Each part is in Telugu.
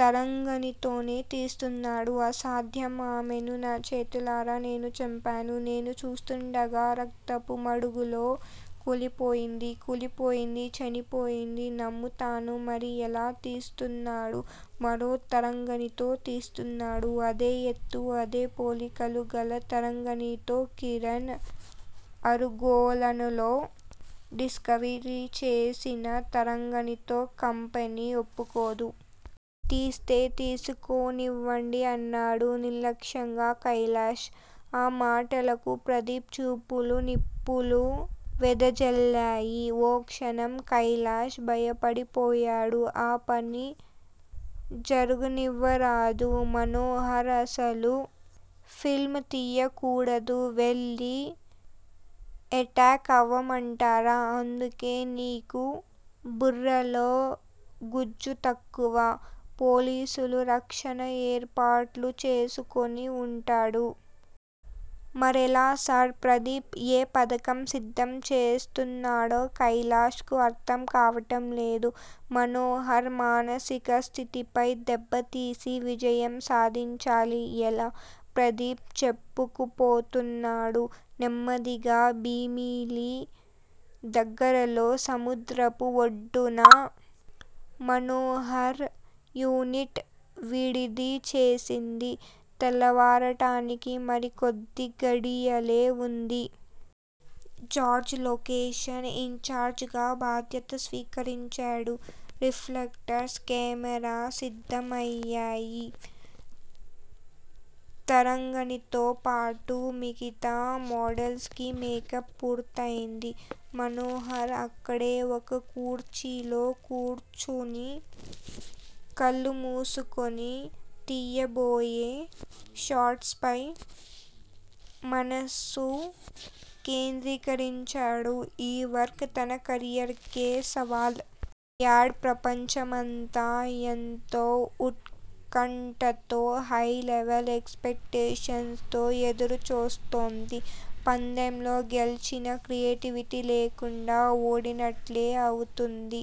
తరంగణితోనే తీస్తున్నాడు. అసాధ్యం ఆమెను నా చేతులారా నేను చంపాను. నేను చూస్తుండగా రక్తపు మడుగులో కూలిపోయింది. కూలిపోయింది, చనిపోయింది, నమ్ముతాను మరి ఎలా తీస్తున్నాడు? మరో తరంగణితో తీస్తున్నాడు. అదే ఎత్తు అదే పోలికలు గల తరంగణితో, కిరణ్ ఆరుగొలనులో డిస్కవరీ చేసిన తరంగణితో కంపెనీ ఒప్పుకోదు. తీస్తే తీసుకోనివ్వండి అన్నాడు నిర్లక్ష్యంగా కైలాష్. ఆ మాటలకు ప్రదీప్ చూపులు నిప్పులు వెదజల్లాయి. ఓ క్షణం కైలాష్ భయపడిపోయాడు. ఆ పని జరుగనివ్వరాదు. మనోహర్ అసలు ఫిల్మ్ తీయకూడదు. వెళ్ళి ఎటాక్ అవ్వమంటారా? అందుకే నీకు బుర్రలో గుజ్జు తక్కువ. పోలీసుల రక్షణ ఏర్పాట్లు చేసుకొని వుంటాడు. మరెలా సార్? ప్రదీప్ ఏ పథకం సిద్దం చేస్తున్నాడో కైలాష్ కు అర్ధం కావటం లేదు. మనోహర్ మానసిక స్థితిపై దెబ్బతీసి విజయం సాధించాలి. ఎలా? ప్రదీప్ చెప్పుకుపోతున్నాడు నెమ్మదిగా. భీమిలి దగ్గరలో సముద్రపు ఒడ్డున మనోహర్ యూనిట్ విడిది చేసింది. తెల్లవారటానికి మరికొద్ది ఘడియలే వుంది. జార్జ్ లొకేషన్ ఇన్ చార్జిగా బాధ్యత స్వీకరించాడు. రిఫ్లెక్టర్స్, కెమేరా సిద్దం అయ్యాయి. తరంగణితో పాటు మిగతా మోడల్స్ కి మేకప్ పూర్తయింది. మనోహర్ అక్కడే ఒక కుర్చీలో కూర్చుని కళ్ళు మూసుకొని తీయబోయే షాట్స్ పై మనస్సు కేంద్రీకరించాడు. ఈ వర్క్ తన కేరియర్ కే సవాల్. యాడ్ ప్రపంచం అంతా ఎంతో ఉత్కంఠతో, హై లెవెల్ ఎక్స్ పెక్టేషన్స్ తో ఎదురుచూస్తోంది. పందెంలో గెల్చినా క్రియేటివిటీ లేకుండా ఓడినట్లే అవుతుంది.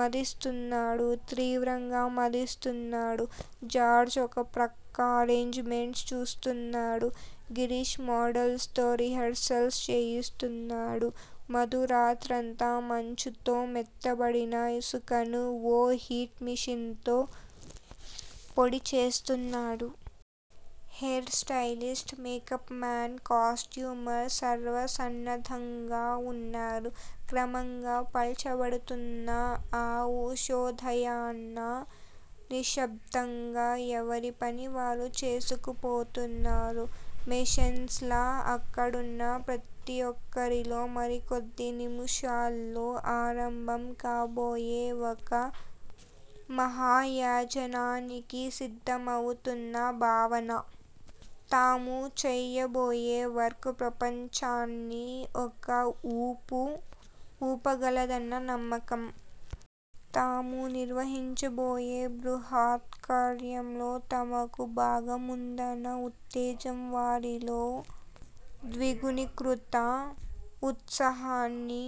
మధిస్తున్నాడు తీవ్రంగా మధిస్తున్నాడు. జార్జ్ ఒక ప్రక్క అరేంజ్ మెంట్స్ చూస్తున్నాడు. గిరీష్ మోడల్స్ తో రిహార్సల్స్ చేయిస్తున్నాడు. మధు రాత్రంతా మంచుతో మెత్తబడిన ఇసుకను ఓ హీట్ మెషిన్ తో పొడి చేస్తున్నాడు. Hair stylist, makeup man, costumer సర్వసన్నద్దంగా ఉన్నారు. క్రమంగా పల్చబడుతున్న ఆ ఉషోదయాన నిశ్శబ్ధంగా ఎవరిపని వారు చేసుకుపోతున్నారు మెషిన్స్ లా అక్కడున్న ప్రతి ఒక్కరిలో మరికొద్ది నిముషాల్లో ఆరంభం కాబోయే ఒక మహాయజ్ఞానికి సిద్దమవుతున్న భావన. తాము చేయబోయే వర్క్ ప్రపంచాన్ని ఒక ఊపు ఊపగలదన్న నమ్మకం. తాము నిర్వహించబోయే బృహత్కార్యంలో తమకు భాగం ఉందన్న ఉత్తేజం వారిలో ద్విగుణీకృత ఉత్సాహాన్ని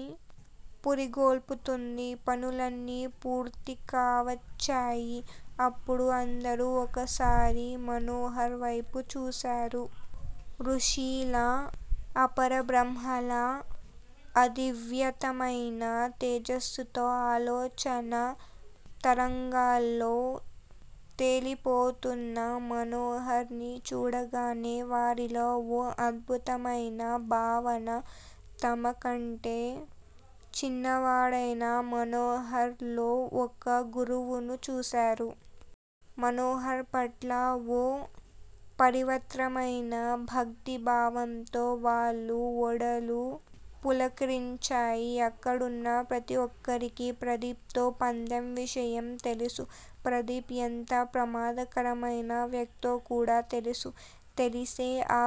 పురిగొల్పుతోంది. పనులన్నీ పూర్తి కావచ్చాయి. అప్పుడు అందరూ ఓసారి మనోహర్ వైపు చూశారు. ఋషిలా, అపరబ్రహ్మలా, అద్వితీయమైన తేజస్సుతో ఆలోచనా తరంగాల్లో తేలిపోతున్న మనోహర్ ని చూడగానే వారిలో ఓ అద్భుతమైన భావన-తమ కంటే చిన్నవాడైన మనోహర్ లో ఒక గురువును చూశారు. మనోహర్ పట్ల ఓ పriవిత్రమైన భక్తిభావంతో వాళ్ళ ఒడలు పులకరించాయి. అక్కడున్న ప్రతి ఒక్కరికి ప్రదీప్ తో పందెం విషయం తెలుసు__ప్రదీప్ ఎంత ప్రమాదకరమైన వ్యక్తో కూడా తెలుసు. తెలిసే ఆ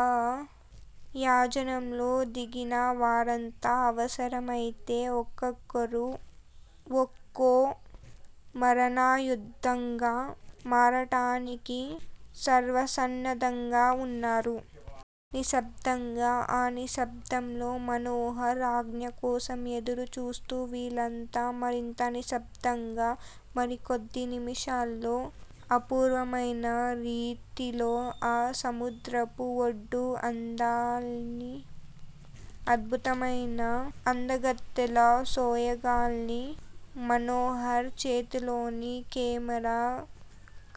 యజ్ఞంలో దిగిన వారంతా అవసరం అయితే ఒక్కొక్కరు ఒక్కో మారణాయుధంగా మారటానికి సర్వసన్నద్దంగా వున్నారు. నిశ్శబ్దంగా ఆ నిశ్శబ్దంలో మనోహర్ ఆజ్ఞకోసం ఎదురు చూస్తూ వీళ్ళంతా మరింత నిశ్శబ్దంగా. మరికొద్ది నిముషాల్లో అపూర్వమైన రీతిలో ఆ సముద్రపు ఒడ్డు అందాల్ని, అద్భుతమైన అందగత్తెల సోయగాల్ని మనోహర్ చేతిలోని కెమేరా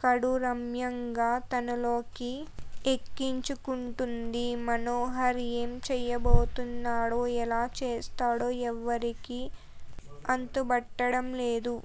కడు రమ్యంగా తనలోకి ఎక్కించుకుంటుంది. మనోహర్ ఏం చేయబోతున్నాడో ఎలా చేస్తాడో ఎవరికీ అంతుబట్టడంలేదు.